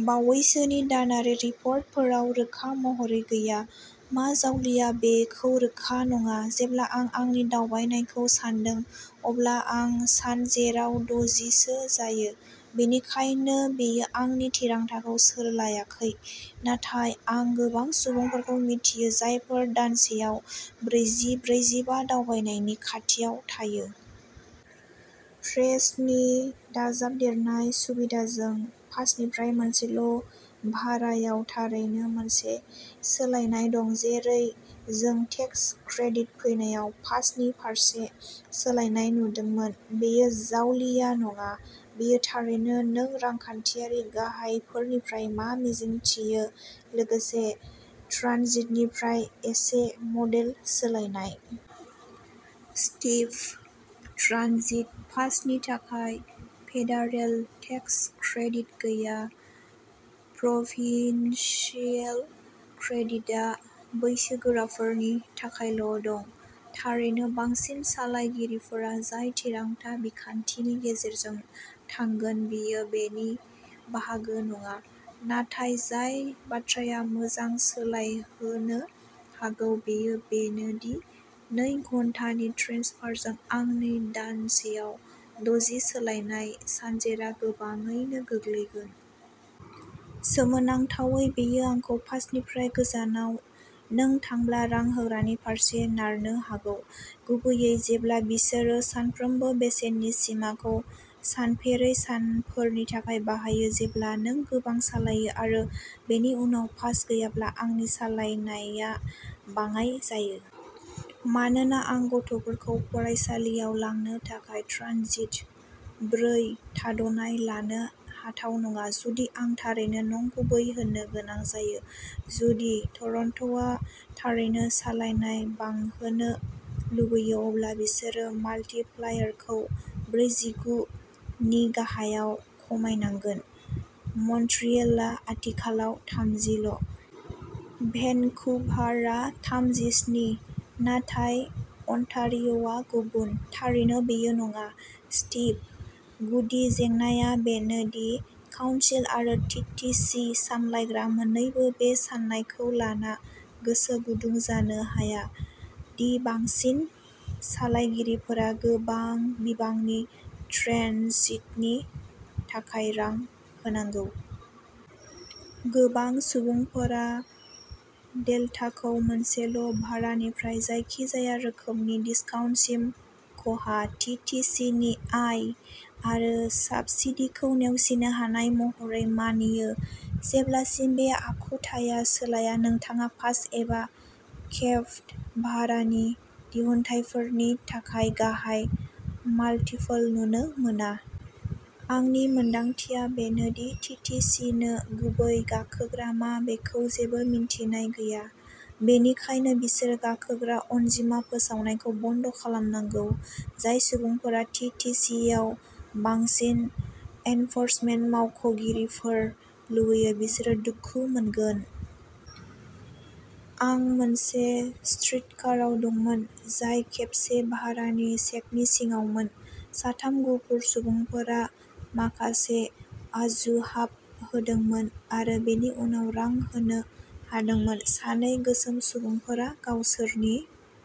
बावैसोनि दानारि रिपरटफोराव रोखा महरै गैया। मा जावलिया बेखौ रोखा नङा। जेब्ला आं आंनि दावबायनायखौ सानदों अब्ला आं सानजेराव दजि सो जायो। बेनिखायनो बेयो आंनि थिरांथाखौ सोलायाखै। नाथाय आं गोबां सुबुंफोरखौ मिथियो जायफोरा दानसेआव ब्रैजि-ब्रैजिबा दावबायनायनि खाथियाव थायो। प्रेस्ट'नि दाजाबदेरनाय सुबिदाजों पासनिफ्राय मोनसेल' भारायाव थारैनो मोनसे सोलायनाय दं। जेरै जों टेक्स क्रेडिट फैनायाव पासनि फारसे सोलायनाय नुदोंमोन। बेयो जावलिया नङा। बेयो थारैनो नों रांखान्थियारि गाहायफोरनिफ्राय मा मिजिंथियो। लोगोसे ट्रानजिटनिफ्राय एसे मडेल सोलायनाय। स्टीभः ट्रानजिट पासनि थाखाय फेडारेल टेक्स क्रेडिट गैया। प्रभिन्सियेल क्रेडिटआ बैसोगोराफोरनि थाखायल' दं। थारैनो बांसिन सालायगिरिफोरा जाय थिरांथा बिखान्थिनि गेजेरजों थांगोन बेयो बेनि बाहागो नङा। नाथाय जाय बाथ्राया मोजां सोलायहोनो हागौ बेयो बेनो दि नै घन्टानि ट्रेन्सफारजों आंनि दानसेआव दजि सालायनाय सानजेरआ गोबाङैनो गोग्लैगोन। सोमोनांथावै बेयो आंखौ पासनिफ्राय गोजानाव नों थांब्ला रां होग्रानि फारसे नारनो हागौ। गुबैयै जेब्ला बिसोरो सानफ्रामबो बेसेननि सिमाखौ सानफेरै सानफोरनि थाखाय बाहायो। जेब्ला नों गोबां सालायो आरो बेनि उनाव पास गैयाब्ला आंनि सालायनायआ बाङाइ जायो। मानोना आं गथ'फोरखौ फरायसालियाव लांनो थाखाय ट्रानजिट ब्रै थाद'नाय लानो हाथाव नङा। जुदि आं थारैनो नंगुबै होनो गोनां जायो। जुदि टरन्ट'आ थारैनो सालायनाय बांहोनो लुबैयो अब्ला बिसोरो माल्टिप्लायरखौ ब्रैजिगु नि गाहायाव खमायनांगोन। मन्ट्रियेलआ आथिखालाव थामजि ल'। भेनकुभार आ थामजिस्नि। नाथाय अन्टारिय'आ गुबुन। थारैनो बेयो नङा। स्टिभः गुदि जेंनाया बेनो दि काउन्सिल आरो टि टि सि सामलायग्रा मोननैबो बे साननायखौ लाना गोसो गुदुं जानो हाया दि बांसिन सालायगिरिफोरा गोबां बिबांनि ट्रेन्सितनि थाखाय रां होनांगौ। गोबां सुबुंफोरा डेल्टाखौ मोनसेल' भारानिफ्राय जायखिजाया रोखोमनि डिस्काउन्टसिम खहा टि टि सि नि आय आरो साबसिडिखौ नेवसिनो हानाय महरै मानियो। जेब्लासिम बे आखुथाया सोलाया नोंथाङा पास एबा केप्ड भारानि दिहुनथायफोरनि थाखाय गाहाय माल्टिपल नुनो मोना। आंनि मोनदांथिआ बेनो दि टि टि सि नो गुबै गाखोग्रा मा बेखौ जेबो मिन्थिनाय गैया। बेनिखायनो बिसोरो गाखोग्रा अनजिमा फोसावनायखौ बन्द खालामनांगौ। जाय सुबुंफोरा टि टि सि आव बांसिन एनफर्समेन्ट मावख'गिरिफोर लुबैयो बिसोरो दुखु मोनगोन। आं मोनसे स्ट्रीटकाराव दंमोन जाय खेबसे भारानि चेकनि सिङावमोन। साथाम गुफुर सुबुंफोरा माखासे अजुहाब होदोंमोन आरो बेनि उनाव रां होनो हादोंमोन। सानै गोसोम सुबुंफोरा गावसोरनि